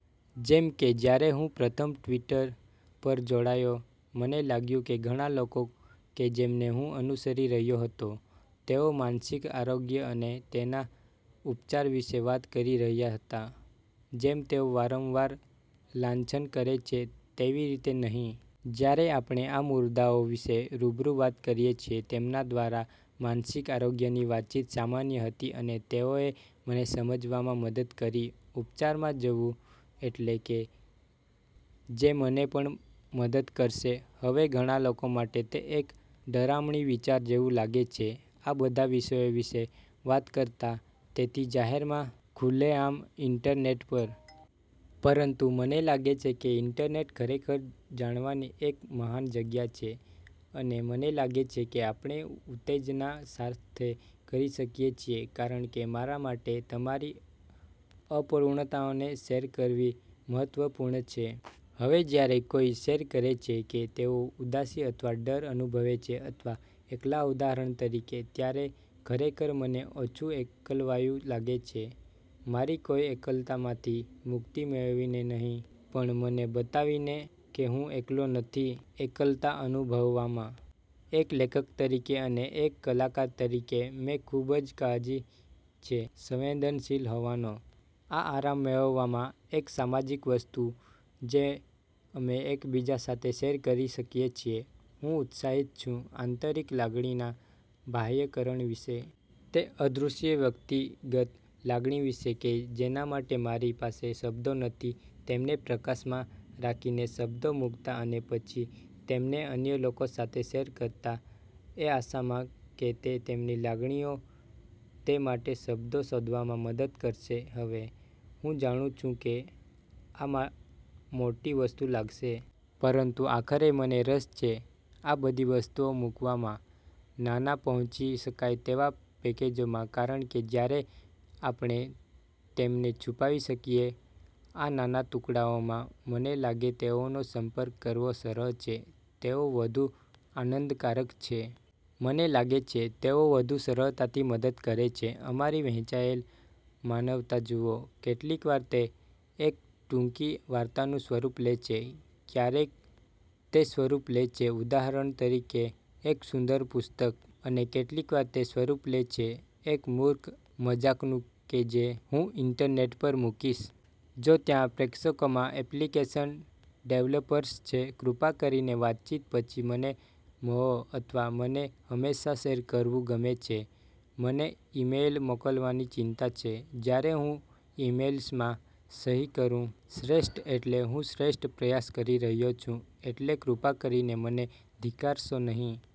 જેમ કે જ્યારે હું પ્રથમ ટિ્વટર પર જોડાયો, મને લાગ્યું કે ઘણા લોકો કે જેમને હું અનુસરી રહ્યો હતો, તેઓ માનસિક આરોગ્ય અને તેના ઉપચાર વિશે વાત કરી રહ્યા હતા જેમ તેઓ વારંવાર લાંછન કરે છે તેવી રીતે નહીં. જ્યારે આપણે આ મુદ્દાઓ વિશે રૂબરૂ વાત કરીએ છીએ તેમના દ્વારા, માનસિક આરોગ્યની વાતચીત સામાન્ય હતી અને તેઓએ મને સમજવામાં મદદ કરી ઉપચારમાં જવું એટલે કે જે મને પણ મદદ કરશે. હવે, ઘણા લોકો માટે તે એક ડરામણી વિચાર જેવું લાગે છે આ બધા વિષયો વિશે વાત કરતાં તેથી જાહેરમાં ખુલ્લેઆમ ઇન્ટરનેટ પર. પરંતુ મને લાગે છે કે ઇન્ટરનેટ ખરેખર જાણવાની એક મહાન જગ્યા છે અને મને લાગે છે કે આપણે ઉત્તેજના સાથે કરી શકીએ છીએ કારણ કે મારા માટે તમારી અપૂર્ણતાઓને શેર કરવી મહત્વપૂર્ણ છે. હવે જ્યારે કોઈ શેર કરે છે કે તેઓ ઉદાસી અથવા ડર અનુભવે છે અથવા એકલા ઉદાહરણ તરીકે, ત્યારે ખરેખર મને ઓછું એકલવાયું લાગે છે. મારી કોઈ એકલતામાંથી મુક્તિ મેળવીને નહીં, પણ મને બતાવીને કે હું એકલો નથી એકલતા અનુભવવામાં. એક લેખક તરીકે અને એક કલાકાર તરીકે મેં ખૂબ જ કાળજી છે સંવેદનશીલ હોવાનો. આ આરામ મેળવવામાં એક સામાજિક વસ્તુ જે અમે એકબીજા સાથે શેર કરી શકીએ છીએ. હું ઉત્સાહિત છું આંતરિક લાગણીનાં બાહ્યકરણ વિશે. તે અદૃશ્ય વ્યક્તિગત લાગણી વિશે કે જેના માટે મારી પાસે શબ્દો નથી તેમને પ્રકાશમાં રાખીને, શબ્દો મૂકતાં, અને પછી તેમને અન્ય લોકો સાથે શેર કરતાં એ આશામાં કે તે તેમની લાગણીઓ, તે। માટે શબ્દો શોધવામાં મદદ કરશે હવે, હું જાણું છું કે આ મોટી વસ્તુ લાગશે. પરંતુ આખરે મને રસ છે આ બધી વસ્તુઓ મૂકવામાં નાના, પહોંચી શકાય તેવા પેકેજોમાં, કારણ કે જ્યારે આપણે તેમને છુપાવી શકીએ આ નાના ટુકડાઓમાં, મને લાગે તેઓનો સંપર્ક કરવો સરળ છે. તેઓ વધુ આનંદકારક છે. મને લાગે છે તેઓ વધુ સરળતાથી મદદ કરે છે. અમારી વહેંચાયેલ માનવતા જુઓ. કેટલીકવાર તે એક ટૂંકી વાર્તાનું સ્વરૂપ લે છે. ક્યારેક તે સ્વરૂપ લે છે ઉદાહરણ તરીકે એક સુંદર પુસ્તક. અને કેટલીકવાર તે સ્વરૂપ લે છે એક મૂર્ખ મજાકનું કે જે હું ઇન્ટરનેટ પર મૂકીશ. જો ત્યાં પ્રેક્ષકોમાં એપ્લિકેશન ડેવલપર્સ છે, કૃપા કરીને વાતચીત પછી મને મળો અથવા મને હંમેશા શેર કરવું ગમે છે. મને ઇમેઇલ મોકલવાની ચિંતા છે. જ્યારે હું ઇમેઇલ્સમાં સહી કરું, "શ્રેષ્ઠ" એટલે હું શ્રેષ્ઠ પ્રયાસ કરી રહ્યો છું. એટલે કૃપા કરીને મને ધિક્કારશો નહિ.